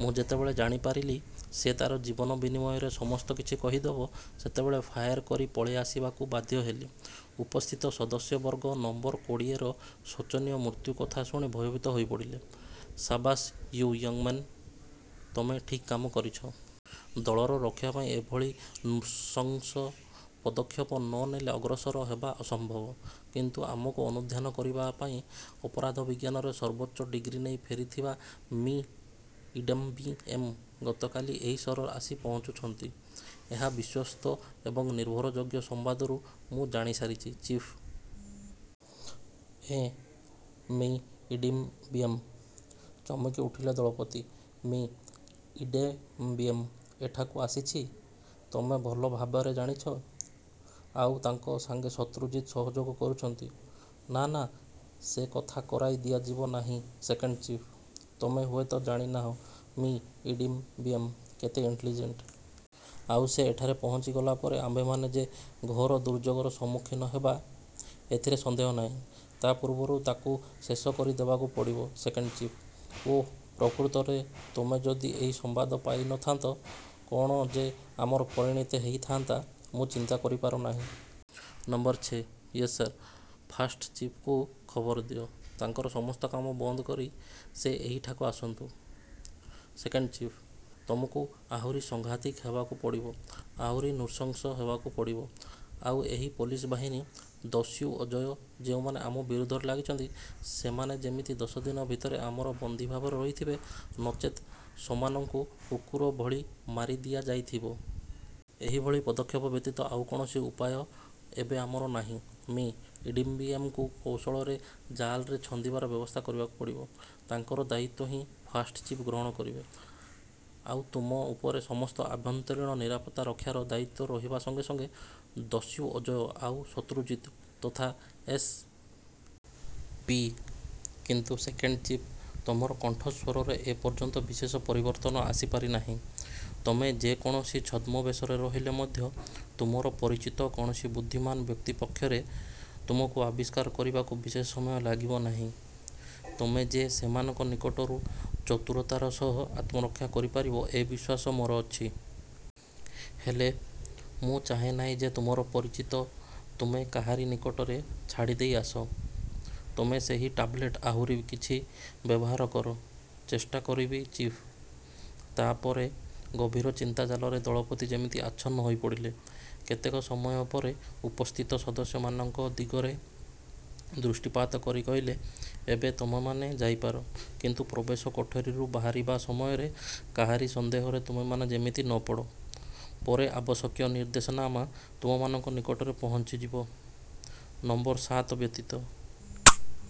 ମୁଁ ଯେତେବେଳେ ଜଣିପାରିଲି ସେ ତାର ଜୀବନ ବିନିମୟରେ ସମସ୍ତ କିଛି କହିଦେବ, ସେତେବେଳେ ଫାୟାର୍ କରି ପଳାଇ ଆସିବାକୁ ବାଧ୍ୟ ହେଲି। ଉପସ୍ଥିତ ସଦସ୍ୟବର୍ଗ ନମ୍ବର କୋଡ଼ିଏର ଶୋଚନୀୟ ମୃତ୍ୟୁ କଥା ଶୁଣି ଭୟଭୀତ ହୋଇପଡ଼ିଲେ। ସାବାସ୍ ୟୁ ୟଙ୍ଗ୍ ମ୍ୟାନ୍। ତୁମେ ଠିକ୍ କାମ କରିଛ। ଦଳର ରକ୍ଷା ପାଇଁ ଏହିଭଳି ନୃଶଂସ ପଦକ୍ଷେପ ନ ନେଲେ ଅଗ୍ରସର ହେବା ଅସମ୍ବବ। କିନ୍ତୁ ଆମକୁ ଆନୁଧ୍ୟାନ କରିବା ପାଇଁ ଅପରାଧ ବିଜ୍ଞାନରେ ସର୍ବୋଚ୍ଚ ଡିଗ୍ରୀ ନେଇ ଫେରିଥିବା ମି: ଇଡମ୍ବିଏନ୍ ଗତକାଲି ଏହି ସହରରେ ଆସି ପହଞ୍ଚିଛନ୍ତି। ଏହା ବିଶ୍ୱସ୍ତ ଏବଂ ନିର୍ଭରଯୋଗ୍ୟ ସମ୍ବାଦରୁ ମୁଁ ଜାଣି ଆସିଛି, ଚିଫ୍। ଏଁ ମି: ଇଡମ୍ବିଏନ୍। ଚମକି ଉଠିଲେ ଦଳପତି। ମି: ଇଡେମ୍ବିଏନ୍ ଏଠାକୁ ଆସୁଛି? ତୁମେ ଭଲ ଭାବେରେ ଜାଣିଛ? ଆଉ ତାଙ୍କ ସଙ୍ଗେ ଶତ୍ରୁଜିତ ସହଯୋଗ କରୁଛନ୍ତି। ନା, ନା, ସେ କଥା କରାଇ ଦିଆଯିବ ନାହିଁ ସେକେଣ୍ଡ ଚିଫ୍। ତୁମେ ହୁଏତ ଜାଣି ନାହଁ ମି: ଇଡମ୍ବିଏନ୍ କେତେ ଇଣ୍ଟେଲିଜେଣ୍ଟ୍। ଆଉ ସେ ଏଠାରେ ପହଞ୍ଚିଗଲା ପରେ ଆମେମାନେ ଯେ ଘୋର ଦୁର୍ଯୋଗର ସମ୍ମୁଖୀନ ହେବା ଏଥିରେ ସନ୍ଦେହ ନାହିଁ। ତା ପୂର୍ବରୁ ତାକୁ ଶେଷ କରି ଦେବାକୁ ପଡ଼ିବ, ସେକେଣ୍ଡ ଚିଫ୍। ଓଃ, ପ୍ରକୃତରେ ତୁମେ ଯଦି ଏହି ସମ୍ବାଦ ପାଇ ନଥାନ୍ତ, କ'ଣ ଯେ ଆମର ପରିଣତି ହୋଇଥାଆନ୍ତା, ମୁଁ ଚିନ୍ତା କରିପାରୁ ନାହିଁ। ନମ୍ବର ଛ'-. Yes sir. ଫାଷ୍ଟ ଚିଫ୍ଙ୍କୁ ଖବର ଦିଅ। ତାଙ୍କର ସମସ୍ତ କାମ ବନ୍ଦ କରି ସେ ଏହିଠାକୁ ଆସନ୍ତୁ। Second chief. ତୁମକୁ ଆହୁରି ସଙ୍ଘାତିକ ହେବାକୁ ପଡ଼ିବ, ଆହୁରି ନୃଶଂସ ହେବାକୁ ପଡ଼ିବ। ଆଉ ଏହି ପୋଲିସ ବାହିନୀ, ଦସ୍ୟୁ ଅଜୟ-ଯେଉଁମାନେ ଆମ ବିରୁଦ୍ଧରେ ଲାଗିଛନ୍ତି, ସେମାନେ ଯେମିତି ଦଶ ଦିନ ଭିତରେ ଆମର ବନ୍ଦୀ ଭାବରେ ରହିଥିବେ; ନଚେତ୍ ସୋମାନଙ୍କୁ କୁକୁର ଭଳି ମାରି ଦିଆଯାଇଥିବ। ଏହି ଭଳି ପଦକ୍ଷେପ ବ୍ୟତୀତ ଆଉ କୌଣସି ଉପାୟ ଏବେ ଆମର ନାହିଁ-। ମି: ଇଡମ୍ବିଏନଙ୍କୁ କୌଶଳରେ ଜାଲରେ ଛନ୍ଦିବାର ବ୍ୟବସ୍ଥା କରିବାକୁ ପଡ଼ିବ। ତାଙ୍କର ଦାୟିତ୍ୱ ହିଁ ଫାଷ୍ଟ୍ ଚିଫ୍ ଗ୍ରହଣ କରିବେ। ଆଉ ତୁମ ଉପରେ ସମସ୍ତ ଆଭ୍ୟନ୍ତରୀଣ ନିରାପତ୍ତା ରକ୍ଷାର ଦାୟିତ୍ୱ ରହିବା ସଙ୍ଗେ ସଙ୍ଗେ ଦସ୍ୟୁ ଅଜୟ ଆଉ ଶତ୍ରୁଜିତ ତଥା ଏସ୍. ପି କିନ୍ତୁ ସେକେଣ୍ଡ ଚିଫ୍, ତୁମର କଣ୍ଠସ୍ୱରରେ ଏ ପର୍ଯ୍ୟନ୍ତ ବିଶେଷ ପରିବର୍ତ୍ତନ ଆସିପାରି ନାହିଁ। ତୁମେ ଯେ କୌଣସି ଛଦ୍ମ ବେଶରେ ରହିଲେ ମଧ୍ୟ ତୁମର ପରିଚିତ କୌଣସି ବୁଦ୍ଧିମାନ ବ୍ୟକ୍ତି ପକ୍ଷରେ ତୁମକୁ ଆବିଷ୍କାର କରିବାକୁ ବିଶେଷ ସମୟ ଲାଗିବ ନାହିଁ। ତୁମେ ଯେ ସେମାନଙ୍କ ନିକଟରୁ ଚତୁରତାର ସହ ଆତ୍ମରକ୍ଷା କରି ପାରିବ ଏ ବିଶ୍ୱାସ ମୋର ଅଛି। ହେଲେ, ମୁଁ ଚାହେଁ ନାହିଁ ଯେ ତୁମର ପରିଚିତ ତୁମେ କାହାରି ନିକଟରେ ଛାଡ଼ିଦେଇ ଆସ। ତୁମେ ସେହି ଟାବଲେଟ୍ ଆହୁରି କିଛି ବ୍ୟବହାର କର। ଚେଷ୍ଟା କରିବି, ଚିଫ୍ ତା ପରେ ଗଭୀର ଚିନ୍ତା ଜାଲରେ ଦଳପତି ଯେମିତି ଆଚ୍ଛନ୍ନ ହୋଇପଡ଼ିଲେ। କେତେକ ସମୟ ପରେ ଉପସ୍ଥିତ ସଦସ୍ୟମାନଙ୍କ ଦିଗରେ ଦୃଷ୍ଟିପାତ କରି କହିଲେ-ଏବେ ତୁମେମାନେ ଯାଇପାର; କିନ୍ତୁ ପ୍ରବେଶ କୋଠରିରୁ ବାହାରିବା ସମୟରେ କାହାରି ସନ୍ଦେହରେ ତୁମେମାନେ ଯେମିତି ନ ପଡ଼। ପରେ ଆବଶ୍ୟକୀୟ ନିର୍ଦ୍ଦେଶନାମା ତୁମମାନଙ୍କ ନିକଟରେ ପହଞ୍ଚିବ। ନମ୍ବର ସାତ ବ୍ୟତୀତ